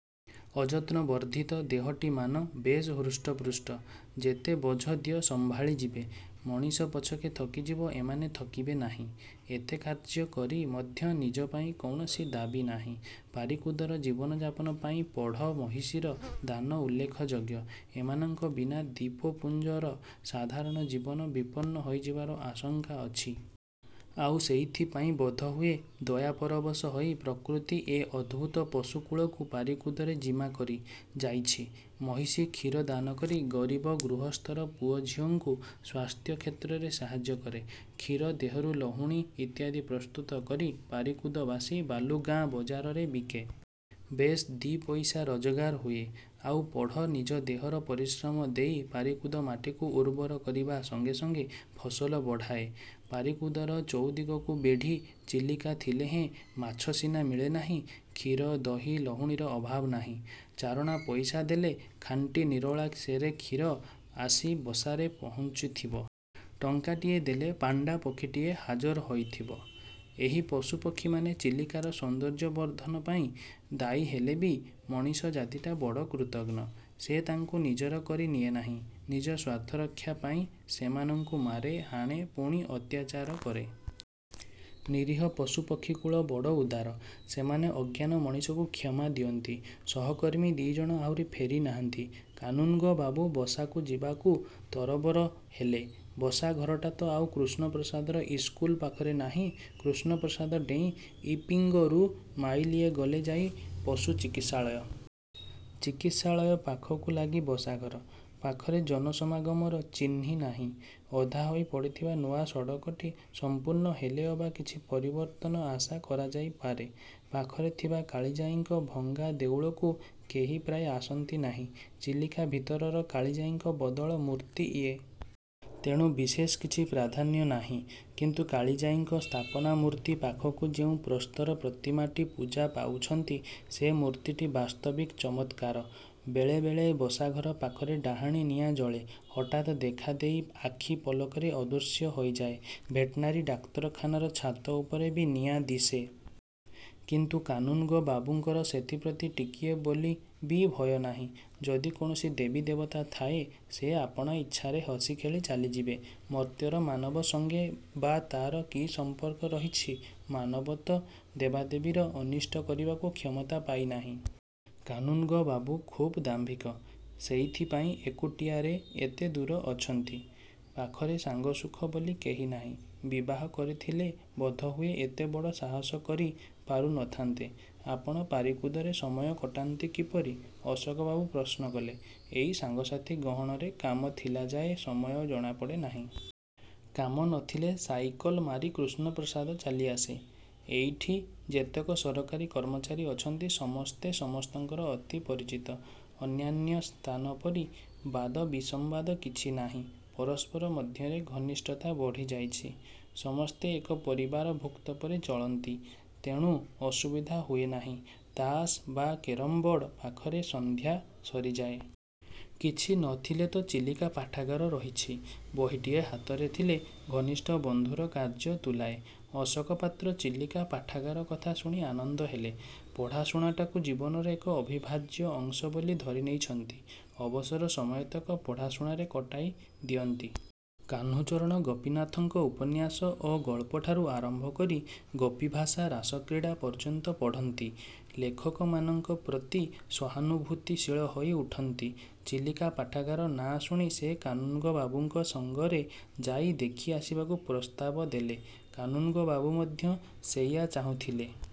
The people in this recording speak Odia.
ଅଯତ୍ନ ବର୍ଦ୍ଧିତ ଦେହଟିମାନ ବେଶ୍ ହୃଷ୍ଟପୃଷ୍ଟ। ଯେତେ ବୋଝ ଦିଅ ସମ୍ଭାଳି ଯିବେ। ମଣିଷ ପଛକେ ଥକିଯିବ, ଏମାନେ ଥକିବେ ନାହିଁ। ଏତେ କାର୍ଯ୍ୟ କରି ମଧ୍ୟ ନିଜପାଇଁ କୌଣସି ଦାବୀନାହିଁ। ପାରିକୁଦର ଜୀବନଯାପନ ପାଇଁ ପୋଢ଼ ମହିଷୀର ଦାନ ଉଲ୍ଲେଖ ଯୋଗ୍ୟ। ଏମାନଙ୍କ ବିନା ଦ୍ୱୀପପୁଞ୍ଜର ସାଧାରଣ ଜୀବନ ବିପନ୍ନ ହୋଇଯିବାର ଆଶଙ୍କା ଅଛି। ଆଉ ସେଇଥିପାଇଁ ବୋଧହୁଏ ଦୟାପରବଶ ହୋଇ ପ୍ରକୃତି ଏ ଅଦ୍ଭୂତ ପଶୁ କୁଳକୁ ପାରିକୁଦର ଜିମା କରି ଯାଇଛି! ମହିଷୀ କ୍ଷୀର ଦାନ କରି ଗରୀବ ଗୃହସ୍ଥର ପୁଅଝିଅଙ୍କୁ ସ୍ୱାସ୍ଥ୍ୟ କ୍ଷେତ୍ରରେ ସାହାଯ୍ୟ କରେ। କ୍ଷୀର ଦେହରୁ ଲହୁଣୀ ଇତ୍ୟାଦି ପ୍ରସ୍ତୁତ କରି ପାରିକୁଦବାସୀ ବାଲୁଗାଁ ବଜାରରେ ବିକେ। ବେଶ୍ ଦି'ପଇସା ରୋଜଗାର ହୁଏ। ଆଉ ପୋଢ଼ ନିଜ ଦେହର ପରିଶ୍ରମ ଦେଇ ପାରିକୁଦ ମାଟିକୁ ଉର୍ବର କରିବା ସଙ୍ଗେ ସଙ୍ଗେ ଫସଲ ବଢ଼ାଏ। ପାରିକୁଦର ଚଉଦିଗକୁ ବେଢ଼ି ଚିଲିକା ଥିଲେହେଁ ମାଛ ସିନା ମିଳେନାହିଁ, କ୍ଷୀର, ଦହି, ଲହୁଣୀର ଅଭାବ ନାହିଁ। ଚାରଣା ପଇସା ଦେଲେ ଖାଣ୍ଟି ନିରୋଳା ସେରେ କ୍ଷୀର ଆସି ବସାରେ ପହୁଞ୍ଚିଥିବ। ଟଙ୍କାଟିଏ ଦେଲେ ପାଣ୍ଡା ପକ୍ଷୀଟିଏ ହାଜର ହୋଇଥିବ। ଏହି ପଶୁ ପକ୍ଷୀମାନେ ଚିଲିକାର ସୌନ୍ଦର୍ଯ୍ୟ ବର୍ଦ୍ଧନ ପାଇଁ ଦାୟୀହେଲେ ବି ମଣିଷ ଜାତିଟା ବଡ଼ କୃତଘ୍ନ। ସେ ତାଙ୍କୁ ନିଜର କରି ନିଏନାହିଁ। ନିଜ ସ୍ୱାର୍ଥରକ୍ଷା ପାଇଁ ସେମାନଙ୍କୁ ମାରେ ହାଣେ ପୁଣି ଅତ୍ୟାଚାର କରେ। ନିରୀହ ପଶୁ ପକ୍ଷୀକୁଳ ବଡ଼ ଉଦାର! ସେମାନେ ଅଜ୍ଞାନ ମଣିଷକୁ କ୍ଷମା ଦିଅନ୍ତି। ସହକର୍ମୀ ଦି'ଜଣ ଆହୁରି ଫେରି ନାହାନ୍ତି? କାନୁନ୍ଗୋ ବାବୁ ବସାକୁ ଯିବାକୁ ତରବର ହେଲେ। ବସାଘରଟା ତ ଆଉ କୃଷ୍ଣପ୍ରସାଦର ଇସ୍କୁଲ ପାଖରେ ନାହିଁ! କୃଷ୍ଣପ୍ରସାଦ ଡେଇଁ ଇପିଙ୍ଗରୁ ମାଇଲିଏ ଗଲେ ଯାଇ ପଶୁ ଚିକିତ୍ସାଳୟ। ଚିକିତ୍ସାଳୟ ପାଖକୁ ଲାଗି ବସାଘର। ପାଖରେ ଜନସମାଗମର ଚିହ୍ନି ନାହିଁ। ଅଧାହୋଇ ପଡ଼ିଥିବା ନୂଆ ସଡ଼କଟି ସଂପୂର୍ଣ୍ଣ ହେଲେ ଅବା କିଛି ପରିବର୍ତ୍ତନ ଆଶା କରାଯାଇ ପାରେ! ପାଖରେ ଥିବା କାଳିଜାଈଙ୍କ ଭଙ୍ଗା ଦେଉଳକୁ କେହି ପ୍ରାୟ ଆସନ୍ତି ନାହିଁ। ଚିଲିକା ଭିତରର କାଳିଜାଈଙ୍କ ବଦଳ ମୂର୍ତ୍ତି ଇଏ। ତେଣୁ ବିଶେଷ କିଛି ପ୍ରାଧାନ୍ୟ ନାହିଁ। କିନ୍ତୁ କାଳିଜାଈଙ୍କ ସ୍ଥାପନା ମୂର୍ତ୍ତି ପାଖକୁ ଯେଉଁ ପ୍ରସ୍ତର ପ୍ରତିମାଟି ପୂଜା ପାଉଛନ୍ତି, ସେ ମୂର୍ତ୍ତିଟି ବାସ୍ତବିକ ଚମତ୍କାର। ବେଳେ ବେଳେ ବସାଘର ପାଖରେ ଡାହାଣୀ ନିଆଁ ଜଳେ। ହଠାତ୍ ଦେଖାଦେଇ ଆଖି ପଲକରେ ଅଦୃଶ୍ୟ ହୋଇଯାଏ। ଭେଟନାରୀ ଡାକ୍ତରଖାନାର ଛାତ ଉପରେ ବି ନିଆଁ ଦିଶେ। କିନ୍ତୁ କାନୁନ୍ଗୋ ବାବୁଙ୍କର ସେଥିପ୍ରତି ଟିକିଏ ବୋଲି ବି ଭୟ ନାହିଁ। ଯଦି କୌଣସି ଦେବୀ ଦେବତା ଥାଏ, ସେ ଆପଣା ଇଚ୍ଛାରେ ହସି ଖେଳି ଚାଲିଯିବେ। ମର୍ତ୍ତ୍ୟର ମାନବ ସଙ୍ଗେ ବା ତାର କି ସଂପର୍କ ରହିଛି? ମାନବ ତ ଦେବାଦେବୀର ଅନିଷ୍ଟ କରିବାକୁ କ୍ଷମତା ପାଇନାହିଁ। କାନୁନ୍ଗୋବାବୁ ଖୁବ୍ ଦାମ୍ଭୀକ। ସେଇଥିପାଇଁ ଏକୁଟିଆରେ ଏତେ ଦୂରେ ଅଛନ୍ତି। ପାଖରେ ସାଙ୍ଗସୁଖ ବୋଲି କେହି ନାହିଁ। ବିବାହ କରିଥିଲେ ବୋଧହୁଏ ଏତେ ବଡ଼ ସାହସ କରି ପାରୁ ନ ଥାନ୍ତେ। ଆପଣ ପାରିକୁଦରେ ସମୟ କଟାନ୍ତି କିପରି? ଅଶୋକବାବୁ ପ୍ରଶ୍ନ କଲେ। ଏଇ ସାଙ୍ଗ ସାଥି ଗହଣରେ କାମ ଥିଲାଯାଏ ସମୟ ଜଣାପଡ଼େ ନାହିଁ। କାମ ନ ଥିଲେ ସାଇକଲ ମାରି କୃଷ୍ଣପ୍ରସାଦ ଚାଲିଆସେ। ଏଇଠି ଯେତକ ସରକାରୀ କର୍ମଚାରୀ ଅଛନ୍ତି, ସମସ୍ତେ ସମସ୍ତଙ୍କର ଅତି ପରିଚିତ। ଅନ୍ୟାନ୍ୟ ସ୍ଥାନପରି ବାଦବିସମ୍ବାଦ କିଛି ନାହିଁ। ପରସ୍ପର ମଧ୍ୟରେ ଘନିଷ୍ଠତା ବଢ଼ିଯାଇଛି। ସମସ୍ତେ ଏକ ପରିବାରଭୁକ୍ତପରି ଚଳନ୍ତି। ତେଣୁ ଅସୁବିଧା ହୁଏନାହିଁ। ତାସ୍ ବା କେରମ୍ବୋର୍ଡ଼ ପାଖରେ ସନ୍ଧ୍ୟା ସରିଯାଏ। କିଛି ନ ଥିଲେ ତ 'ଚିଲିକା ପାଠାଗାର' ରହିଛି! ବହିଟିଏ। ହାତରେ ଥିଲେ ଘନିଷ୍ଠ ବନ୍ଧୁର କାର୍ଯ୍ୟ ତୁଲାଏ। ଅଶୋକ ପାତ୍ର ଚିଲିକା ପାଠାଗାର କଥା ଶୁଣି ଆନନ୍ଦ ହେଲେ। ପଢ଼ା ଶୁଣାଟାକୁ ଜୀବନର ଏକ ଅବିଭାଜ୍ୟ ଅଂଶ ବୋଲି ଧରିନେଇଛନ୍ତି। ଅବସର ସମୟତକ ପଢ଼ାଶୁଣାରେ କଟାଇ ଦିଅନ୍ତି। କାହ୍ନୁଚରଣ, ଗୋପିନାଥଙ୍କ ଉପନ୍ୟାସ ଓ ଗଳ୍ପଠାରୁ ଆରମ୍ଭ କରି ଗୋପିଭାଷା, ରାସକ୍ରୀଡ଼ା ପର୍ଯ୍ୟନ୍ତ ପଢ଼ନ୍ତି। ଲେଖକମାନଙ୍କ ପ୍ରତି ସହାନୁଭୂତିଶୀଳ ହୋଇ ଉଠନ୍ତି। 'ଚିଲିକା ପାଠାଗାର' ନାଁ ଶୁଣି ସେ କାନୁନ୍ଗୋ ବାବୁଙ୍କ ସଙ୍ଗରେ ଯାଇ ଦେଖିଆସିବାକୁ ପ୍ରସ୍ତାବ ଦେଲେ। କାନୁନ୍ଗୋବାବୁ ମଧ୍ୟ ସେଇଆ ଚାହୁଁଥିଲେ।